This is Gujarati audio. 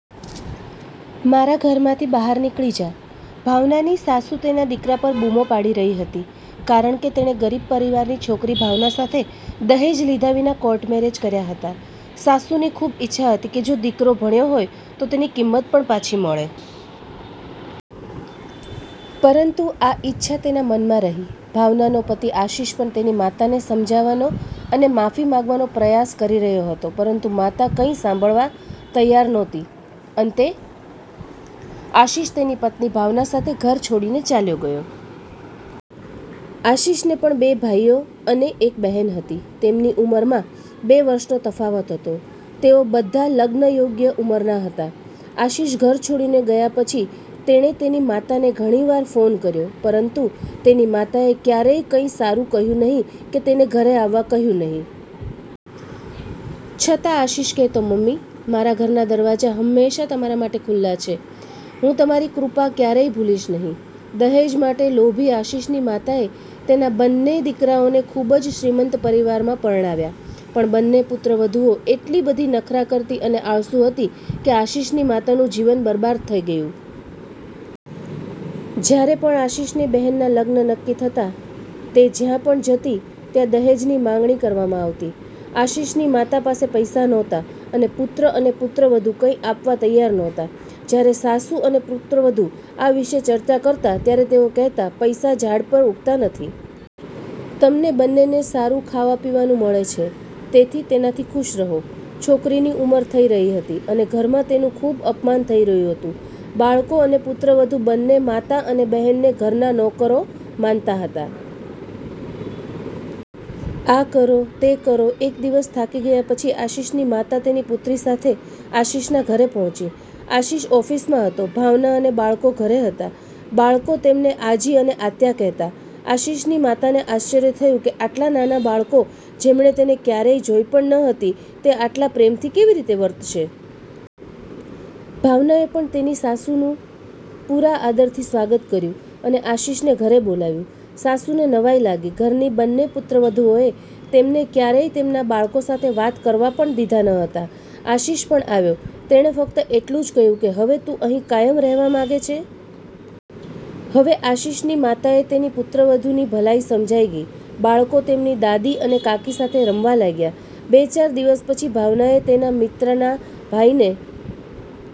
મારા ઘરમાંથી બહાર નિકળી જા, ભાવનાની સાસુ તેના દીકરા પર બૂમો પાડી રહી હતી કારણ કે તેણે ગરીબ પરિવારની છોકરી ભાવના સાથે દહેજ લીધા વિના કોર્ટ મેરેજ કર્યા હતા. સાસુની ખૂબ ઇચ્છા હતી કે જો દીકરો ભણ્યો હોય તો તેની કિંમત પણ પાછી મળે. પરંતુ આ ઇચ્છા તેના મનમાં રહી. ભાવનાનો પતિ આશિષ પણ તેની માતાને સમજાવવાનો અને માફી માંગવાનો પ્રયાસ કરી રહ્યો હતો, પરંતુ માતા કંઈ સાંભળવા તૈયાર નહોતી. અંતે, આશિષ તેની પત્ની ભાવના સાથે ઘર છોડીને ચાલ્યો ગયો. આશિષને પણ બે ભાઈઓ અને એક બહેન હતી. તેમની ઉંમરમાં બે વર્ષનો તફાવત હતો. તેઓ બધા લગ્નયોગ્ય ઉંમરના હતા. આશિષ ઘર છોડીને ગયા પછી, તેણે તેની માતાને ઘણી વાર ફોન કર્યો, પરંતુ તેની માતાએ ક્યારેય કંઈ સારું કહ્યું નહીં કે તેને ઘરે આવવા કહ્યું નહીં. છતાં, આશિષ કહેતો, મમ્મી, મારા ઘરના દરવાજા હંમેશા તમારા માટે ખુલ્લા છે. હું તમારી કૃપા ક્યારેય ભૂલીશ નહીં. દહેજ માટે લોભી આશિષની માતાએ તેના બંને દીકરાઓને ખૂબ જ શ્રીમંત પરિવારમાં પરણાવ્યા. પણ બંને પુત્રવધૂઓ એટલી બધી નખરાં કરતી અને આળસુ હતી કે આશિષની માતાનું જીવન બરબાદ થઈ ગયું. જ્યારે પણ આશિષની બહેનના લગ્ન નક્કી થતા, તે જ્યાં પણ જતી ત્યાં દહેજની માંગણી કરવામાં આવતી. આશિષની માતા પાસે પૈસા નહોતા, અને પુત્ર અને પુત્રવધૂ કંઈ આપવા તૈયાર નહોતા. જ્યારે સાસુ અને પુત્રવધૂ આ વિશે ચર્ચા કરતા, ત્યારે તેઓ કહેતા, પૈસા ઝાડ પર ઉગતા નથી. તમને બંનેને સારું ખાવા-પીવાનું મળે છે, તેથી તેનાથી ખુશ રહો! છોકરીની ઉમર થઈ રહી હતી અને ઘરમાં તેનું ખૂબ અપમાન થઈ રહ્યું હતું. બાળકો અને પુત્રવધૂ બંને માતા અને બહેનને ઘરના નોકરા માનતા હતા. આ કરો, તે કરો.. એક દિવસ, થાકી ગયા પછી, આશિષની માતા તેની પુત્રી સાથે આશિષના ઘરે પહોંચી. આશિષ ઓફિસમાં હતો. ભાવના અને બાળકો ઘરે હતા. બાળકો તેમને આજી અને આત્યા કહેતા. આશિષની માતાને આશ્ચર્ય થયું કે આટલા નાના બાળકો, જેમણે તેને ક્યારેય જોઈ પણ ન હતી, તે આટલા પ્રેમથી કેવી રીતે વર્તશે? ભાવનાએ પણ તેની સાસુનું પૂરા આદરથી સ્વાગત કર્યું અને આશિષને ઘરે બોલાવ્યું. સાસુને નવાઈ લાગી; ઘરની બંને પુત્રવધૂઓએ તેમને ક્યારેય તેમના બાળકો સાથે વાત કરવા પણ દીધા ન હતા. આશિષ પણ આવ્યો. તેણે ફક્ત એટલું જ કહ્યું કે હવે તું અહીં કાયમ રહેવા માંગે છે. હવે આશિષની માતાને તેની પુત્રવધૂની ભલાઈ સમજાઈ ગઈ. બાળકો તેમની દાદી અને કાકી સાથે રમવા લાગ્યા. બે-ચાર દિવસ પછી, ભાવનાએ તેના મિત્રના ભાઈને